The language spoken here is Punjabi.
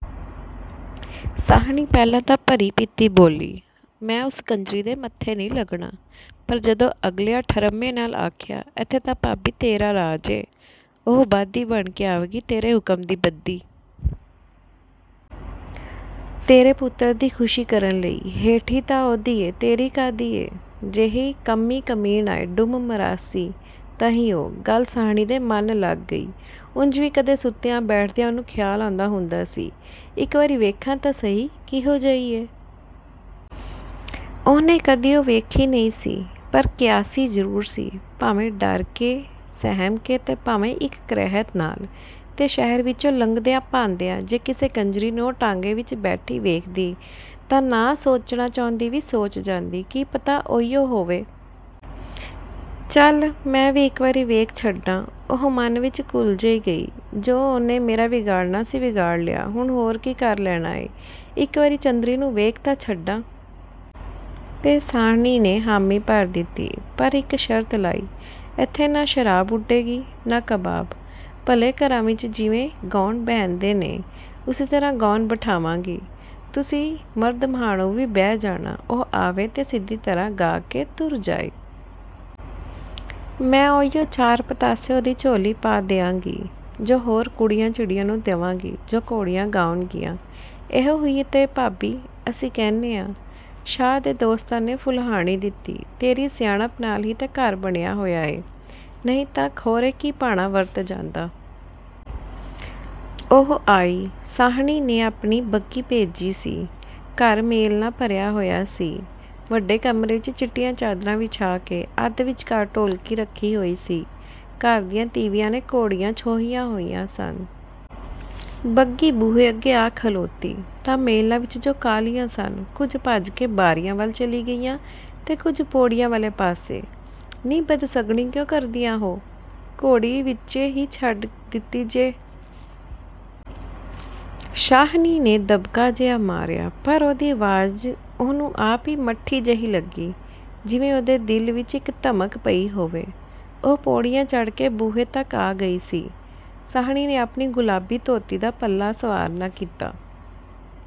ਸ਼ਾਹਣੀ ਪਹਿਲਾਂ ਤਾਂ ਭਰੀ-ਪੀਤੀ ਬੋਲੀ, "ਮੈਂ ਉਸ ਕੰਜਰੀ ਦੇ ਮੱਥੇ ਨਹੀਂ ਲੱਗਣਾ।" ਪਰ ਜਦੋਂ ਅਗਲਿਆਂ ਠਰ੍ਹੰਮੇ ਨਾਲ ਆਖਿਆ, "ਇੱਥੇ ਤਾਂ ਭਾਬੀ, ਤੇਰਾ ਰਾਜ ਏ। ਉਹ ਬਾਂਦੀ ਬਣ ਕੇ ਆਵੇਗੀ, ਤੇਰੇ ਹੁਕਮ ਦੀ ਬੱਧੀ। ਤੇਰੇ ਪੁੱਤਰ ਦੀ ਖੁਸ਼ੀ ਕਰਨ ਲਈ। ਹੇਠੀ ਤਾਂ ਉਹਦੀ ਏ, ਤੇਰੀ ਕਾਹਦੀ ਏ? ਜਿਹੇ ਕੰਮੀ-ਕਮੀਣ ਆਏ, ਡੂਮ-ਮਰਾਸੀ, ਤਹੀ ਉਹ।" ਗੱਲ ਸ਼ਾਹਣੀ ਦੇ ਮਨ ਲੱਗ ਗਈ। ਉਂਜ ਵੀ ਕਦੇ ਸੁੱਤਿਆਂ-ਬੈਠਦਿਆਂ ਉਹਨੂੰ ਖ਼ਿਆਲ ਆਉਂਦਾ ਹੁੰਦਾ ਸੀ, "ਇੱਕ ਵਾਰੀ ਵੇਖਾਂ ਤਾਂ ਸਹੀ, ਕਿਹੋ ਜਿਹੀ ਏ?" ਉਹਨੇ ਕਦੀ ਉਹ ਵੇਖੀ ਨਹੀਂ ਸੀ, ਪਰ ਕਿਆਸੀ ਜ਼ਰੂਰ ਸੀ, ਭਾਵੇਂ ਡਰ ਕੇ ਸਹਿਮ ਕੇ, ਤੇ ਭਾਵੇਂ ਇੱਕ ਕਰਿਹਤ ਨਾਲ। ਤੇ ਸ਼ਹਿਰ ਵਿਚੋਂ ਲੰਘਦਿਆਂ-ਪਾਂਦਿਆਂ, ਜੇ ਕਿਸੇ ਕੰਜਰੀ ਨੂੰ ਉਹ ਟਾਂਗੇ ਵਿਚ ਬੈਠੀ ਵੇਖਦੀ, ਤਾਂ ਨਾ ਸੋਚਣਾ ਚਾਹੁੰਦੀ ਵੀ ਸੋਚ ਜਾਂਦੀ, "ਕੀ ਪਤਾ ਉਹੀਉ ਹੋਵੇ?" "ਚੱਲ, ਮੈਂ ਵੀ ਇੱਕ ਵਾਰੀ ਵੇਖ ਛੱਡਾਂ," ਉਹ ਮਨ ਵਿਚ ਘੁਲ ਜਿਹੀ ਗਈ। "ਜੋ ਉਹਨੇ ਮੇਰਾ ਵਿਗਾੜਣਾ ਸੀ, ਵਿਗਾੜ ਲਿਆ। ਹੁਣ ਹੋਰ ਕੀ ਕਰ ਲੈਣਾ ਏ! ਇੱਕ ਵਾਰੀ ਚੰਦਰੀ ਨੂੰ ਵੇਖ ਤਾਂ ਛੱਡਾਂ।" ਤੇ ਸ਼ਾਹਣੀ ਨੇ ਹਾਮੀ ਭਰ ਦਿੱਤੀ, ਪਰ ਇੱਕ ਸ਼ਰਤ ਲਾਈ, "ਇੱਥੇ ਨਾ ਸ਼ਰਾਬ ਉਡੇਗੀ, ਨਾ ਕਬਾਬ। ਭਲੇ ਘਰਾਂ ਵਿਚ ਜਿਵੇਂ ਗਾਉਣ ਬਹਿੰਦੇ ਨੇ, ਉਸੇ ਤਰ੍ਹਾਂ ਗਾਉਣ ਬਿਠਾਵਾਂਗੀ। ਤੁਸੀਂ ਮਰਦ-ਮਾਹਣੂ ਵੀ ਬਹਿ ਜਾਣਾ। ਉਹ ਆਵੇ, ਤੇ ਸਿੱਧੀ ਤਰ੍ਹਾਂ ਗਾ ਕੇ ਤੁਰ ਜਾਏ। ਮੈਂ ਉਹੀਉ ਚਾਰ ਪਤਾਸੇ ਉਹਦੀ ਝੋਲੀ ਪਾ ਦਿਆਂਗੀ, ਜੋ ਹੋਰ ਕੁੜੀਆਂ-ਚਿੜੀਆਂ ਨੂੰ ਦੇਵਾਂਗੀ, ਜੋ ਘੋੜੀਆਂ ਗਾਉਣਗੀਆਂ।" "ਇਹੋ ਹੀ ਤੇ ਭਾਬੀ, ਅਸੀਂ ਕਹਿਣੇ ਆਂ।" ਸ਼ਾਹ ਦੇ ਦੋਸਤਾਂ ਨੇ ਫੁਲਾਹੁਣੀ ਦਿੱਤੀ। "ਤੇਰੀ ਸਿਆਣਪ ਨਾਲ ਹੀ ਤੇ ਘਰ ਬਣਿਆ ਹੋਇਆ ਏ, ਨਹੀਂ ਤਾਂ ਖੌਰੇ ਕੀ ਭਾਣਾ ਵਰਤ ਜਾਂਦਾ।" ਉਹ ਆਈ। ਸਾਹਣੀ ਨੇ ਆਪ ਆਪਣੀ ਬੱਘੀ ਭੇਜੀ ਸੀ। ਘਰ ਮੇਲ ਨਾਲ ਭਰਿਆ ਹੋਇਆ ਸੀ। ਵੱਡੇ ਕਮਰੇ ਵਿਚ ਚਿੱਟੀਆਂ ਚਾਦਰਾਂ ਵਿਛਾ ਕੇ, ਅੱਧ ਵਿਚਕਾਰ ਢੋਲਕੀ ਰੱਖੀ ਹੋਈ ਸੀ। ਘਰ ਦੀਆਂ ਤੀਵੀਆਂ ਨੇ ਘੋੜੀਆਂ ਛੋਹੀਆਂ ਹੋਈਆਂ ਸਨ। ਬੱਘੀ ਬੂਹੇ ਅੱਗੇ ਆ ਖਲੋਤੀ ਤਾਂ ਮੇਲਣਾਂ ਵਿਚੋਂ ਜੋ ਕਾਹਲੀਆਂ ਸਨ, ਕੁਝ ਭੱਜ ਕੇ ਬਾਰੀਆਂ ਵੱਲ ਚਲੀਆਂ ਗਈਆਂ ਤੇ ਕੁਝ ਪੌੜੀਆਂ ਵਾਲੇ ਪਾਸੇ। "ਨੀ, ਬਦਸਗਣੀ ਕਿਉਂ ਕਰਦੀਆਂ ਹੋ? ਘੋੜੀ ਵਿਚੇ ਹੀ ਛੱਡ ਦਿੱਤੀ ਜੇ।" ਸ਼ਾਹਣੀ ਨੇ ਦਬਕਾ ਜਿਹਾ ਮਾਰਿਆ, ਪਰ ਉਹਦੀ ਆਵਾਜ਼ ਉਹਨੂੰ ਆਪ ਹੀ ਮੱਠੀ ਜਿਹੀ ਲੱਗੀ, ਜਿਵੇਂ ਉਹਦੇ ਦਿਲ ਵਿਚ ਇੱਕ ਧਮਕ ਪਈ ਹੋਵੇ। ਉਹ ਪੌੜੀਆਂ ਚੜ੍ਹ ਕੇ ਬੂਹੇ ਤੱਕ ਆ ਗਈ ਸੀ। ਸ਼ਾਹਣੀ ਨੇ ਆਪਣੀ ਗੁਲਾਬੀ ਧੋਤੀ ਦਾ ਪੱਲਾ ਸਵਾਰਨਾ ਕੀਤਾ।